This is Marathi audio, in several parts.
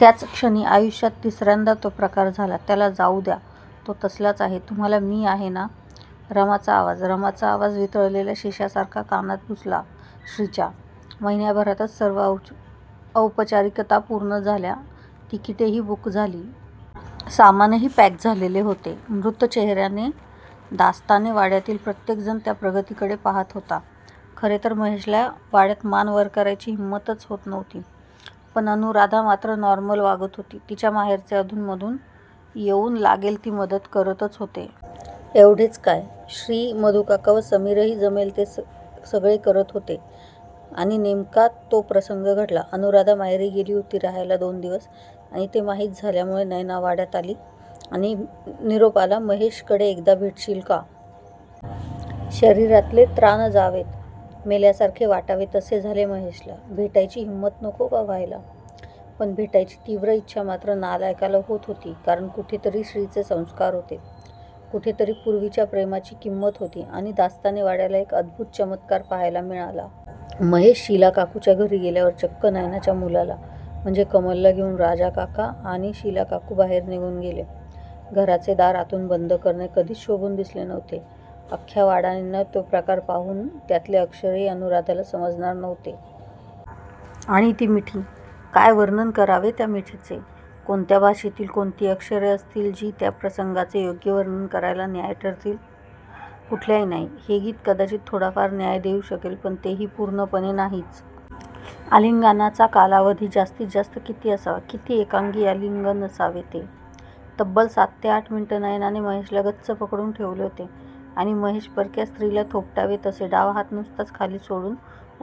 त्याच क्षणी आयुष्यात तिसर्यांदा तो प्रकार झाला. त्याला जाऊ द्या. तो तसलाच आहे. तुम्हाला मी आहे ना? रमाचा आवाज रमाचा आवाज वितळलेल्या शिशासारखा कानात घुसला श्रीच्या! महिन्याभरातच सर्व औपचारिकता पूर्ण झाल्या. तिकीटेही बूक झाली. सामानही पॅक झालेले होते. मृतवत चेहर्याने दास्ताने वाड्यातील प्रत्येक जण त्या प्रगतीकडे पाहात होता. खरे तर महेशला वाड्यात मान वर करायची हिम्मतच होत नव्हती. पण अनुराधा मात्र नॉर्मल वागत होती. तिच्या माहेरचे मधून मधून येऊन लागेल ती मदत करतच होते. एवढेच काय? श्री, मधूकाका व समीरही जमेल ते सगळे करत होते आणि नेमका तो प्रसंग घडला. अनुराधा माहेरी गेली होती राहायला दोन दिवस आणि ते माहीत झाल्यामुळे नैना वाड्यात आली आणि निरोप आला महेशकडे एकदा भेटशील का? शरीरातले त्राण जावेत, मेल्यासारखे वाटावे तसे झाले महेशला भेटायची हिम्मत नको का व्हायला? पण भेटायची तीव्र इच्छा मात्र नालायकाला होत होती कारण कुठेतरी श्रीचे संस्कार होते. कुठेतरी पुर्वीच्या प्रेमाची किंमत होती आणि दास्ताने वाड्याला एक अद्भुत चमत्कार पाहायला मिळाला. महेश शीलाकाकूच्या घरी गेल्यावर चक्क नैनाच्या मुलाला म्हणजे कमलला घेऊन राजाकाका आणि शीलाकाकू बाहेर निघून गेले. घराचे दार आतून बंद करणे कधीच शोभून दिसले नव्हते. अख्ख्या वाड्याने तो प्रकार पाहूनही त्यातले अक्षरही अनुराधाला समजणार नव्हते. आणि ती मिठी? काय वर्णन करावे त्या मिठीचे? कोणत्या भाषेतील कोणती अक्षरे अशी असतील जी त्या प्रसंगाचे योग्य वर्णन करायला न्याय्य ठरतील? कुठल्याही नाही. हे गीत कदाचित थोडाफार न्याय देऊ शकेल पण तेही पूर्णपणे नाहीच! आलिंगनाचा कालावधी जास्तीत जास्त किती असावा? किती एकांगी आलिंगन असावे ते? तब्बल सात ते आठ मिनिटे नैनाने महेशला गच्च पकडून ठेवले होते आणि महेश परक्या स्त्रीला थोपटावे तसे डावा हात नुसताच खाली सोडून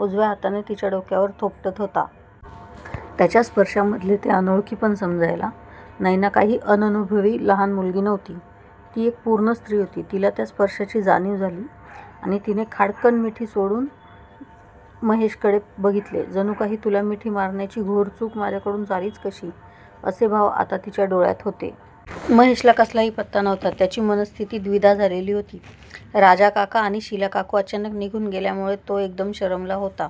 उजव्या हाताने तिच्या डोक्यावर थोपटत होता. त्याच्या स्पर्शामधले ते अनोळखीपण समजायला नैना काही अननुभवी लहान मुलगी नव्हती. ती एक पूर्ण स्त्री होती. तिला त्या स्पर्शाची जाणीव झाली त्या क्षणी तिने खाडकन मिठी सोडून महेशकडे बघितले. जणू काही तुला मिठी मारण्याची घोर चूक माझ्याकडून झालीच कशी असे भाव आता तिच्या डोळ्यात होते. महेशला कसलाही पत्ता नव्हता. त्याची मनस्थिती द्विधा झालेली होती. राजाकाका आणि शीलाकाकू अचानक निघून गेल्यामुळे तो एकदम शरमला होता.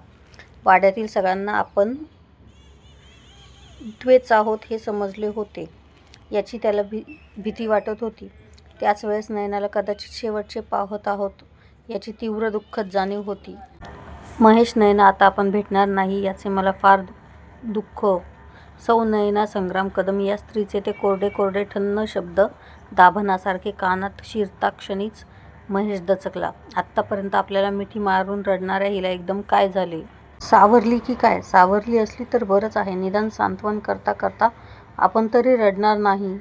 वाड्यातील सगळ्यांना आपण द्घेच आहोत हे समजले आहे याची त्याला भीती वाटत होती. त्याचवेळेस नैनाला कदाचित शेवटचे पाहात आहोत याची तीव्र दु:खद जाणीव होती. महेश, नैना आता आपण भेटणार नाही याचे मला मला फार दु सौ. नैना संग्राम कदम या स्त्रीचे ते कोरडे कोरडे ठण्ण शब्द दाभणासारखे कानात शिरताक्षणीच महेश दचकला. आत्तापर्यंत आपल्याला मिठी मारून रडणार्या हिला एकदम काय झाले? सावरली की काय? सावरली असली तर बरंच आहे. निदान सांत्वन करता करता आपण तरी रडणार नाही.